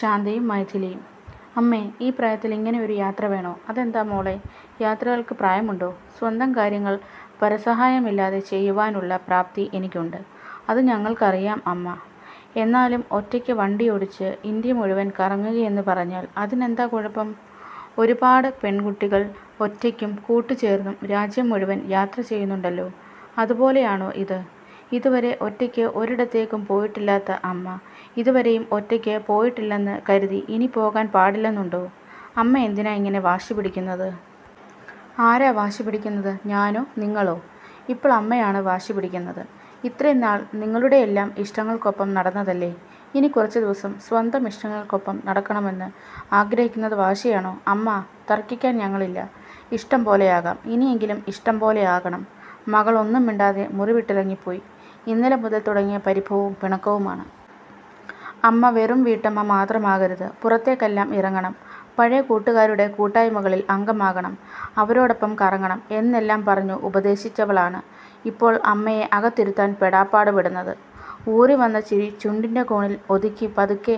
ശാന്തയും മൈഥിലിയും 'അമ്മേ, ഈ പ്രായത്തിൽ ഇങ്ങനെ ഒരു യാത്ര വേണോ?' അതെന്താ മോളെ യാത്രകൾക്ക് പ്രായമുണ്ടോ, സ്വന്തം കാര്യങ്ങൾ പരസഹായമില്ലാതെ ചെയ്യുവാനുള്ള പ്രാപ്തി എനിക്കുണ്ട്. 'അത് ഞങ്ങൾക്കറിയാം അമ്മാ, എന്നാലും ഒറ്റയ്ക്ക് വണ്ടിയോടിച്ചു ഇന്ത്യ മുഴുവൻ കറങ്ങുകയെന്ന് പറഞ്ഞാൽ' അതിനെന്താ കുഴപ്പം, ഒരുപാട് പെൺകുട്ടികൾ ഒറ്റയ്ക്കും കൂട്ടുചേർന്നും രാജ്യം മുഴുവൻ യാത്ര ചെയ്യുന്നുണ്ടല്ലോ ‘അതുപോലെയാണോ ഇത്, ഇതുവരെ ഒറ്റയ്ക്ക് ഒരിടത്തേക്കും പോയിട്ടില്ലാത്ത അമ്മ’ ‘ഇതുവരെയും ഒറ്റയ്ക്ക് പോയിട്ടില്ലെന്ന് കരുതി ഇനി പോകാൻ പാടില്ലെന്നുണ്ടോ’ ‘അമ്മ എന്തിനാ ഇങ്ങനെ വാശി പിടിക്കുന്നത്?’ ‘ആരാ വാശി പിടിക്കുന്നത്, ഞാനോ നിങ്ങളോ?’ ‘ഇപ്പോൾ അമ്മയാണ് വാശി പിടിക്കുന്നത്.' 'ഇത്രയും നാൾ നിങ്ങളുടെയെല്ലാം ഇഷ്ടങ്ങൾക്കൊപ്പം നടന്നതല്ലേ, ഇനി കുറച്ചു ദിവസം സ്വന്തം ഇഷ്ടങ്ങൾക്കൊപ്പം നടക്കണമെന്ന് ആഗ്രഹിക്കുന്നത് വാശിയാണോ.' 'അമ്മാ തർക്കിക്കാൻ ഞങ്ങളില്ല, ഇഷ്ടം പോലെയാകാം.' 'ഇനിയെങ്കിലും ഇഷ്ടംപോലെയാകണം.' മകൾ ഒന്നും മിണ്ടാതെ മുറിവിട്ടിറങ്ങി പോയി, ഇന്നലെ മുതൽ തുടങ്ങിയ പരിഭവവും പിണക്കവുമാണ്. അമ്മ വെറും വീട്ടമ്മ മാത്രമാകരുത്, പുറത്തേക്കെല്ലാം ഇറങ്ങണം, പഴയ കൂട്ടുകാരുടെ കൂട്ടായ്മകളിൽ അംഗമാകണം, അവരോടൊപ്പം കറങ്ങണം എന്നെല്ലാം പറഞ്ഞു ഉപദേശിച്ചവളാണ് ഇപ്പോൾ അമ്മയെ അകത്തിരുത്താൻ പെടാപ്പാട് പെടുന്നത്. ഊറിവന്ന ചിരി ചുണ്ടിൻ്റെ കോണിൽ ഒതുക്കി പതുക്കെ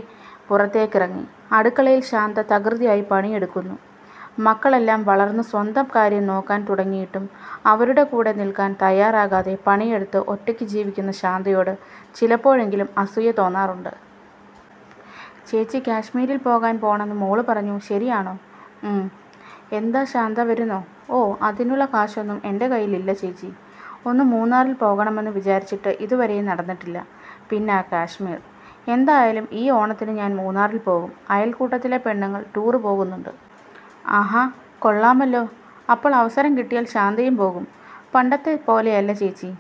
പുറത്തേക്കിറങ്ങി, അടുക്കളയിൽ ശാന്ത തകൃതിയായി പണിയെടുക്കുന്നു. മക്കളെല്ലാം വളർന്നു സ്വന്തം കാര്യം നോക്കാൻ തുടങ്ങിയിട്ടും, അവരുടെ കൂടെ നിൽക്കാൻ തയാറാകാതെ പണിയെടുത്ത് ഒറ്റയ്ക്ക് ജീവിക്കുന്ന ശാന്തയോട് ചിലപ്പോഴെങ്കിലും അസൂയ തോന്നാറുണ്ട്. 'ചേച്ചി കാശ്മീരിൽ പോകാൻ പോണെന്ന് മോള് പറഞ്ഞു, ശരിയാണോ' 'ങും, എന്താ ശാന്ത വരുന്നോ' 'ഓ അതിനുള്ള കാശൊന്നും എൻ്റെ കൈയിൽ ഇല്ല ചേച്ചി, ഒന്ന് മൂന്നാറിൽ പോകണമെന്ന് വിചാരിച്ചിട്ട് ഇതുവരെയും നടന്നിട്ടില്ല, പിന്നാ കാശ്മീർ. എന്തായാലും ഈ ഓണത്തിന് ഞാൻ മൂന്നാറിൽ പോകും, അയൽക്കൂട്ടത്തിലെ പെണ്ണുങ്ങൾ ടൂർ പോകുന്നുണ്ട്.' 'ആഹാ, കൊള്ളാമല്ലോ അപ്പോൾ അവസരം കിട്ടിയാൽ ശാന്തയും പോകും.' 'പണ്ടത്തെ പോലെയല്ല ചേച്ചി,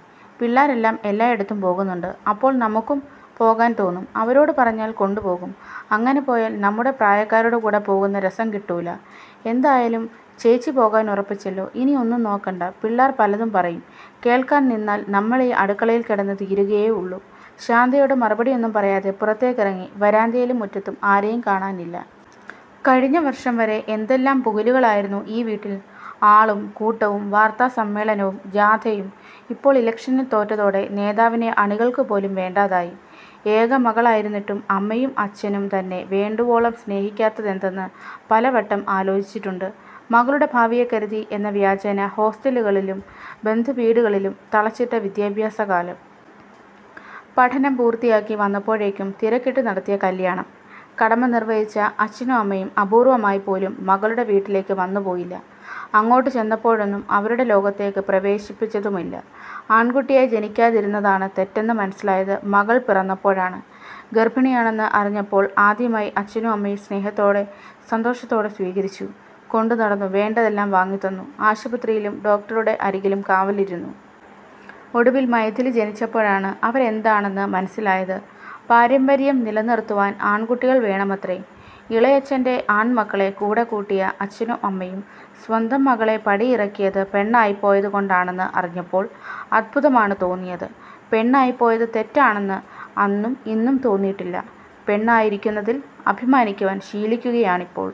പിള്ളേരെല്ലാം എല്ലായിടത്തും പോകുന്നുണ്ട്. അപ്പോൾ നമ്മുക്കും പോകാൻ തോന്നും, അവരോട് പറഞ്ഞാൽ കൊണ്ടുപോകും, അങ്ങനെ പോയാൽ നമ്മുടെ പ്രായക്കാരുടെ കൂടെ പോകുന്ന രസം കിട്ടൂല. എന്തായാലും ചേച്ചി പോകാൻ ഉറപ്പിച്ചല്ലോ, ഇനി ഒന്നും നോക്കണ്ട; പിള്ളേർ പലതും പറയും കേൾക്കാൻ നിന്നാൽ നമ്മളീ അടുക്കളയിൽ കിടന്ന് തീരുകയേ ഉള്ളൂ' ശാന്തയോട് മറുപടിയൊന്നും പറയാതെ പുറത്തേക്കിറങ്ങി, വരാന്തയിലും മുറ്റത്തും ആരെയും കാണാനില്ല. കഴിഞ്ഞ വർഷം വരെ എന്തെല്ലാം പുകിലുകളായിരുന്നു ഈ വീട്ടിൽ, ആളും കൂട്ടവും വാർത്താ സമ്മേളനവും ജാഥയും ഇപ്പോൾ ഇലക്ഷനിൽ തോറ്റതോടെ നേതാവിനെ അണികൾക്ക് പോലും വേണ്ടാതായി. ഏക മകളായിരുന്നിട്ടും, അമ്മയും അച്ഛനും തന്നെ വേണ്ടുവോളം സ്നേഹിക്കാത്തതെന്തെന്ന് പലവട്ടം ആലോചിട്ടുണ്ട്. മകളുടെ ഭാവിയെക്കരുതി എന്ന വ്യാജേന ഹോസ്റ്റലുകളിലും, ബന്ധുവീടുകളിലും തളച്ചിട്ട വിദ്യാഭ്യാസകാലം. പഠനം പൂർത്തിയാക്കി വന്നപ്പോഴേക്കും തിരക്കിട്ടു നടത്തിയ കല്ല്യാണം. കടമ നിർവഹിച്ച അച്ഛനും അമ്മയും അപൂർവമായി പോലും മകളുടെ വീട്ടിലേക്ക് വന്നുപോയില്ല. അങ്ങോട്ട് ചെന്നപ്പോഴൊന്നും, അവരുടെ ലോകത്തേക്ക് പ്രവേശിപ്പിച്ചതുമില്ല. ആൺകുട്ടിയായി ജനിക്കാതിരുന്നതാണ് തെറ്റെന്ന് മനസ്സിലായത് മകൾ പിറന്നപ്പോഴാണ്, ഗർഭിണിയാണെന്ന് അറിഞ്ഞപ്പോൾ ആദ്യമായി അച്ഛനും അമ്മയും സ്നേഹത്തോടെ സന്തോഷത്തോടെ സ്വീകരിച്ചു, കൊണ്ടുനടന്നു വേണ്ടതെല്ലാം വാങ്ങിത്തന്നു, ആശുപത്രിയിലും ഡോക്ടറുടെ അരികിലും കാവലിരുന്നു. ഒടുവിൽ മൈഥിലി ജനിച്ചപ്പോഴാണ് അവരെന്താണെന്ന് മനസ്സിലായത്, പാരമ്പര്യം നിലനിറുത്തുവാൻ ആൺകുട്ടികൾ വേണമത്രേ. ഇളയച്ഛൻ്റെ ആൺമക്കളെ കൂടെകൂട്ടിയ അച്ഛനും അമ്മയും സ്വന്തം മകളെ പടിയിറക്കിയത് പെണ്ണായിപ്പോയത് കൊണ്ടാണെന്ന് അറിഞ്ഞപ്പോൾ അത്ഭുതമാണ് തോന്നിയത്. പെണ്ണായിപ്പോയത് തെറ്റാണെന്ന് അന്നും ഇന്നും തോന്നിയിട്ടില്ല, പെണ്ണായിരിക്കുന്നതിൽ അഭിമാനിക്കുവാൻ ശീലിക്കുകയാണിപ്പോൾ.